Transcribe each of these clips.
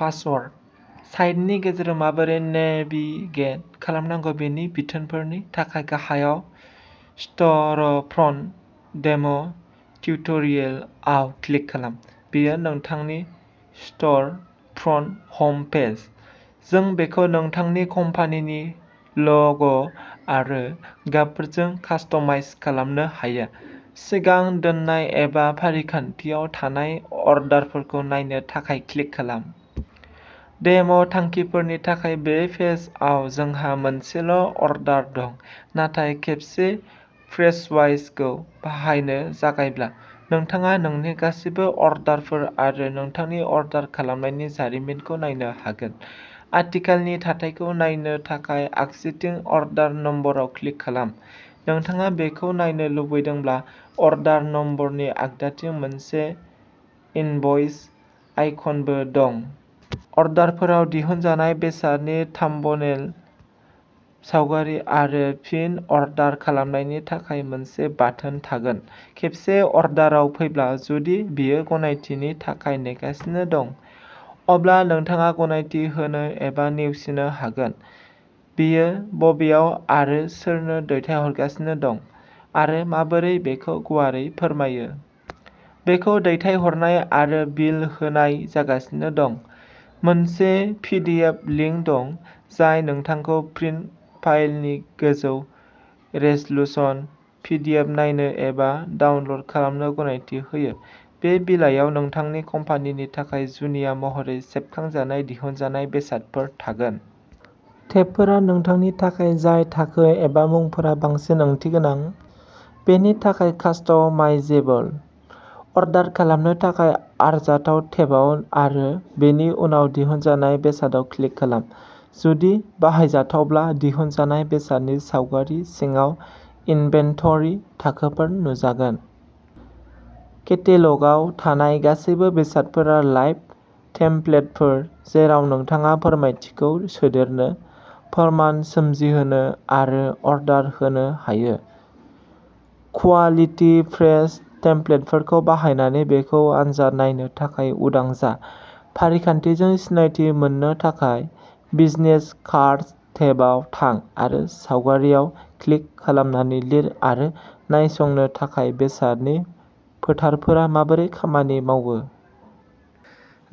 पासवर्द। साइटनि गेजेरजों माबोरै नेभिगेट खालामनांगौ बेनि बिथोनफोरनि थाखाय गाहायाव "स्ट'रफ्रन्ट डेम'टिउटरियेल" आव क्लिक खालाम। बेयो नोंथांनि स्ट'रफ्रन्ट हम पेज। जों बेखौ नोंथांनि कम्पानिनि ल'ग'आरो गाबफोरजों कास्टमाइज खालामनो हायो। सिगां दोननाय एबा फारिखान्थियाव थानाय अर्डारफोरखौ नायनो थाखाय क्लिक खालाम। डेम'थांखिफोरनि थाखाय बे पेजआव जोंहा मोनसेल'अर्डार दं, नाथाय खेबसे प्रेसवाइजखौ बाहायनो जागायब्ला, नोंथाङा नोंथांनि गासैबो अर्डारफोर आरो नोंथांनि अर्डार खालामनायनि जारिमिनखौ नायनो हागोन। आथिखालनि थाथायखौ नायनो थाखाय आगसिथिं अर्डार नम्बराव क्लिक खालाम। नोंथाङा बेखौ नायनो लुबैदोंब्ला अर्डार नम्बरनि आगदाथिं मोनसे इनभ'इस आइकनबो दं। अर्डारफोराव दिहुनजानाय बेसादनि थाम्बनेल सावगारि आरो फिन अर्डार खालामनायनि थाखाय मोनसे बाटोन थागोन। खेबसे अर्डारआव फैब्ला, जुदि बेयो गनायथिनि थाखाय नेगासिनो दं, अब्ला नोंथाङा गनायथि होनो एबा नेवसिनो हागोन। बेयो बबेयाव आरो सोरनो दैथायहरगासिनो दं, आरो माबोरै बेखौ गुवारै फोरमायो। बेखौ दैथायहरनाय आरो बिल होनाय जागासिनो दं। मोनसे पिडिएफ लिंक दं जाय नोंथांखौ प्रिन्ट फाइलनि गोजौ रेजलुसन पिडिएफ नायनो एबा डाउनल'ड खालामनो गनायथि होयो। बे बिलाइयाव नोंथांनि कम्पानिनि थाखाय जुनिया महरै सेबखांजानाय दिहुनजानाय बेसादफोर थागोन। टेबफोरा नोंथांनि थाखाय जाय थाखो एबा मुंफोरा बांसिन ओंथिगोनां, बेनि थाखाय कास्टमाइजेबल। आरडार खालामनो थाखाय आरजाथाव टेबआव आरो बेनि उनाव दिहुनजानाय बेसादाव क्लिक खालाम। जुदि बाहायजाथावब्ला, दिहुनजानाय बेसादनि सावगारि सिङाव इनभेन्टरि थाखोफोर नुजागोन। केटेल'गआव थानाय गासैबो बेसादफोरा लाइभ टेमप्लेटफोर जेराव नोंथाङा फोरमायथिखौ सोदेरनो, फोरमान सोमजिहोनो आरो अर्डार होनो हायो। क्वालिटी प्रेस टेमप्लेटफोरखौ बाहायनानै बेखौ आनजाद नायनो थाखाय उदां जा। फारिखान्थिजों सिनायथि मोननो थाखाय, बिजनेस कार्ड्स टेबआव थां आरो सावगारिआव क्लिक खालामनानै लिर आरो नायसंनो थाखाय बेसादनि फोथारफोरा माबोरै खामानि मावो।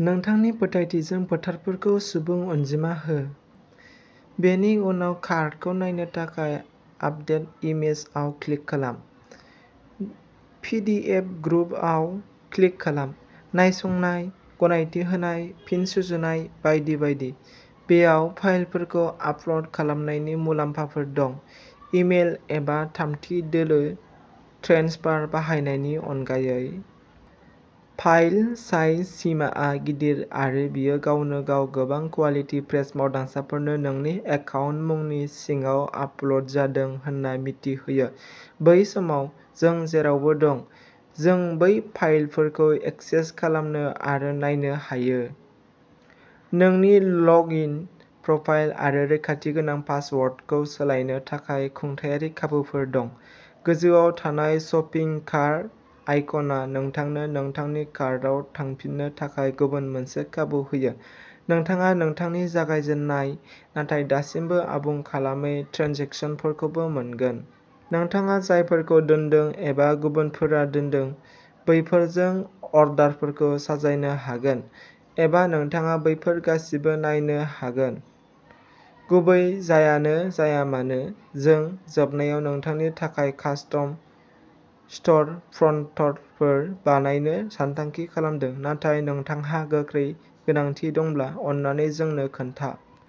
नोंथांनि फोथायथिजों फोथारफोरखौ सुबुं अनजिमा हो, बेनि उनाव कार्डखौ नायनो थाखाय "आपदेट इमेज" आव क्लिक खालाम। "पिडिएफ प्रुफ" आव क्लिक खालाम, नायसंनाय, गनायथि होनाय, फिन सुजुनाय, बायदि बायदि। बेयाव फाइलफोरखौ आपल'ड खालामनायनि मुलाम्फाफोर दं, इमेल एबा थामथि दोलो ट्रेन्सफार बाहायनायनि अनगायै। फाइल साइज सिमाआ गिदिर आरो बेयो गावनो गाव गोबां कुवालिटि प्रेस मावदांसाफोरनो नोंनि एकाउन्ट मुंनि सिङाव आपल'ड जादों होनना मिथि होयो। बै समाव, जों जेरावबो दं, जों बै फाइलफोरखौ एक्सेस खालामनो आरो नायनो हायो। नोंनि लगइन, प्रफाइल आरो रैखाथि गोनां पासवार्डखौ सोलायनो थाखाय खुंथायारि खाबुफोर दं। गोजौआव थानाय शपिं कार्ट आइकनआ नोंथांनो नोंथांनि कार्टआव थांफिननो थाखाय गुबुन मोनसे खाबु होयो। नोंथाङा नोंथांनि जागायजेन्नाय, नाथाय दासिमबो आबुं खालामै ट्रेन्जेकसनफोरखौबो मोनगोन। नोंथाङा जायफोरखौ दोनदों, एबा गुबुनफोरा दोनदों, बैफोरजों अर्डारफोरखौ साजायनो हागोन, एबा नोंथाङा बैफोर गासिबो नायनो हागोन, गुबै जायानो जाया मानो। जों जोबनायाव नोंथांनि थाखाय कास्टम स्ट'रफ्रन्टफोर बानायनो सानथांखि खालामदों, नाथाय नोंथांहा गोख्रै गोनांथि दंब्ला, अन्नानै जोंनो खोन्था।